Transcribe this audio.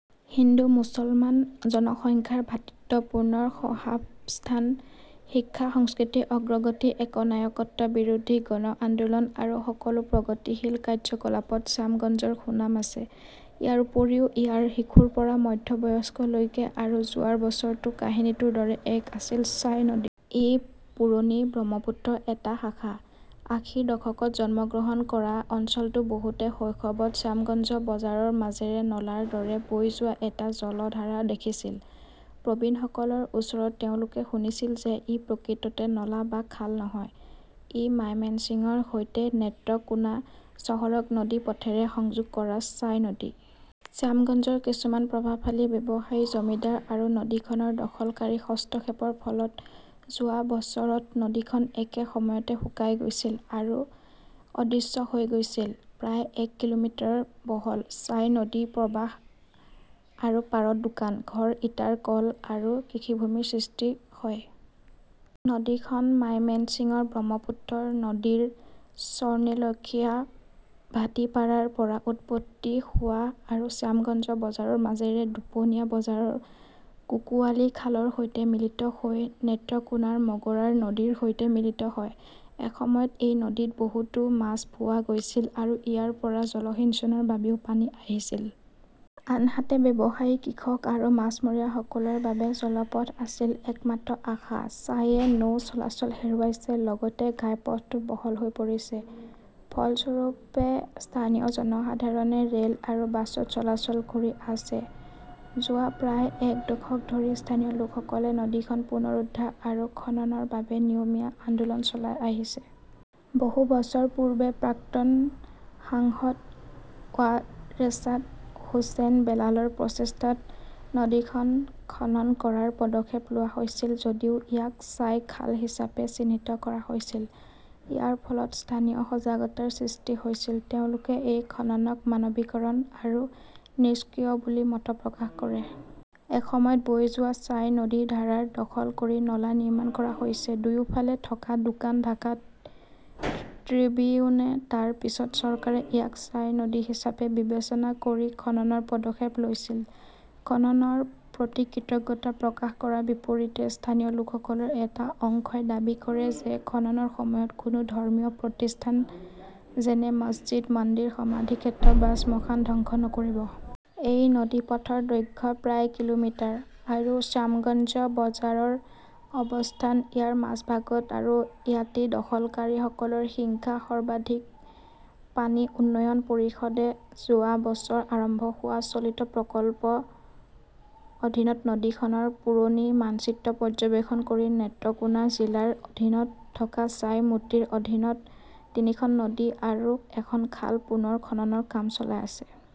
হিন্দু মুছলমান জনসংখ্যাৰ ভ্ৰাতৃত্বপূৰ্ণ সহাবস্থান, শিক্ষা সংস্কৃতিৰ অগ্ৰগতি, একনায়কত্ব বিৰোধী গণ আন্দোলন আৰু সকলো প্ৰগতিশীল কাৰ্যকলাপত শ্যামগঞ্জৰ সুনাম আছে। ইয়াৰ উপৰিও ইয়াৰ শিশুৰ পৰা মধ্যবয়স্কলৈকে আৰু যোৱা বছৰটো কাহিনীটোৰ দৰে একে আছিল স্বাই নদী। ই পুৰণি ব্ৰহ্মপুত্ৰৰ এটা শাখা। আশীৰ দশকত জন্মগ্ৰহণ কৰা অঞ্চলটোৰ বহুতে শৈশৱত শ্যামগঞ্জ বজাৰৰ মাজেৰে নলাৰ দৰে বৈ যোৱা এটা জলধাৰা দেখিছিল। প্ৰবীণসকলৰ ওচৰত তেওঁলোকে শুনিছিল যে ই প্ৰকৃততে নলা বা খাল নহয়, ই মাইমেন্সিঙৰ সৈতে নেত্ৰকোনা চহৰক নদীপথেৰে সংযোগ কৰা স্বাই নদী। শ্যামগঞ্জৰ কিছুমান প্ৰভাৱশালী ব্যৱসায়ী, জমিদাৰ আৰু নদীখনৰ দখলকাৰীৰ হস্তক্ষেপৰ ফলত যোৱা বছৰত নদীখন একে সময়তে শুকাই গৈছিল আৰু অদৃশ্য হৈ গৈছিল। প্ৰায় এক কিলোমিটাৰ বহল স্বাই নদীৰ প্ৰবাহ আৰু পাৰত দোকান, ঘৰ, ইটাৰ কল আৰু কৃষিভূমিৰ সৃষ্টি হয়। নদীখন মাইমেন্সিঙৰ ব্ৰহ্মপুত্ৰ নদীৰ চৰ্ণিলক্ষিয়া ভাটিপাৰাৰ পৰা উৎপত্তি হোৱা আৰু শ্যামগঞ্জ বজাৰৰ মাজেৰে দপুনিয়া বজাৰৰ কুকুৱালী খালৰ সৈতে মিলিত হৈ নেত্ৰকোনাৰ মগৰা নদীৰ সৈতে মিলিত হয়। এসময়ত এই নদীত বহুতো মাছ পোৱা গৈছিল আৰু ইয়াৰ পৰা জলসিঞ্চনৰ বাবেও পানী আহিছিল। আনহাতে, ব্যৱসায়ী, কৃষক আৰু মাছমৰীয়াসকলৰ বাবে জলপথ আছিল একমাত্ৰ আশা। স্বাইয়ে নৌ চলাচল হেৰুৱাইছে, লগতে ঘাইপথটো বহল হৈ পৰিছে। ফলস্বৰূপে, স্থানীয় জনসাধাৰণে ৰেল আৰু বাছত চলাচল কৰি আছে। যোৱা প্ৰায় এক দশক ধৰি স্থানীয় লোকসকলে নদীখন পুনৰুদ্ধাৰ আৰু খননৰ বাবে নিয়মীয়া আন্দোলন চলাই আহিছে। বহু বছৰ পূৰ্বে প্ৰাক্তন সাংসদ ৱাৰেছাত হোসেন বেলালৰ প্ৰচেষ্টাত নদীখন খনন কৰাৰ পদক্ষেপ লোৱা হৈছিল যদিও ইয়াক স্বাই খাল হিচাপে চিহ্নিত কৰা হৈছিল। ইয়াৰ ফলত স্থানীয় সজাগতাৰ সৃষ্টি হৈছিল। তেওঁলোকে এই খননক মানৱীকৰণ আৰু নিষ্ক্ৰিয় বুলি মত প্ৰকাশ কৰে। এসময়ত বৈ যোৱা স্বাই নদীৰ ধাৰা দখল কৰি নলা নিৰ্মাণ কৰা হৈছে। দুয়োফালে থকা দোকান ঢাকা ট্ৰিবিউনে তাৰ পিছত চৰকাৰে ইয়াক স্বাই নদী হিচাপে বিবেচনা কৰি খননৰ পদক্ষেপ লৈছিল। খননৰ প্ৰতি কৃতজ্ঞতা প্ৰকাশ কৰাৰ বিপৰীতে স্থানীয় লোকসকলৰ এটা অংশই দাবী কৰে যে খননৰ সময়ত কোনো ধৰ্মীয় প্ৰতিষ্ঠান, যেনে মছজিদ, মন্দিৰ, সমাধিক্ষেত্ৰ বা শ্মশান ধ্বংস নকৰিব। এই নদীপথৰ দৈৰ্ঘ্য প্ৰায় কিলোমিটাৰ। আৰু শ্যামগঞ্জ বজাৰৰ অৱস্থান ইয়াৰ মাজভাগত। আৰু ইয়াতেই দখলকাৰীসকলৰ হিংসা সৰ্বাধিক। পানী উন্নয়ন পৰিষদে যোৱা বছৰ আৰম্ভ হোৱা চলিত প্ৰকল্পৰ অধীনত নদীখনৰ পুৰণি মানচিত্ৰ পৰ্যবেক্ষণ কৰি নেত্ৰকোনা জিলাৰ অধীনত থকা স্বাই মোটিৰ অধীনত তিনিখন নদী আৰু এখন খাল পুনৰ খননৰ কাম চলাই আছে।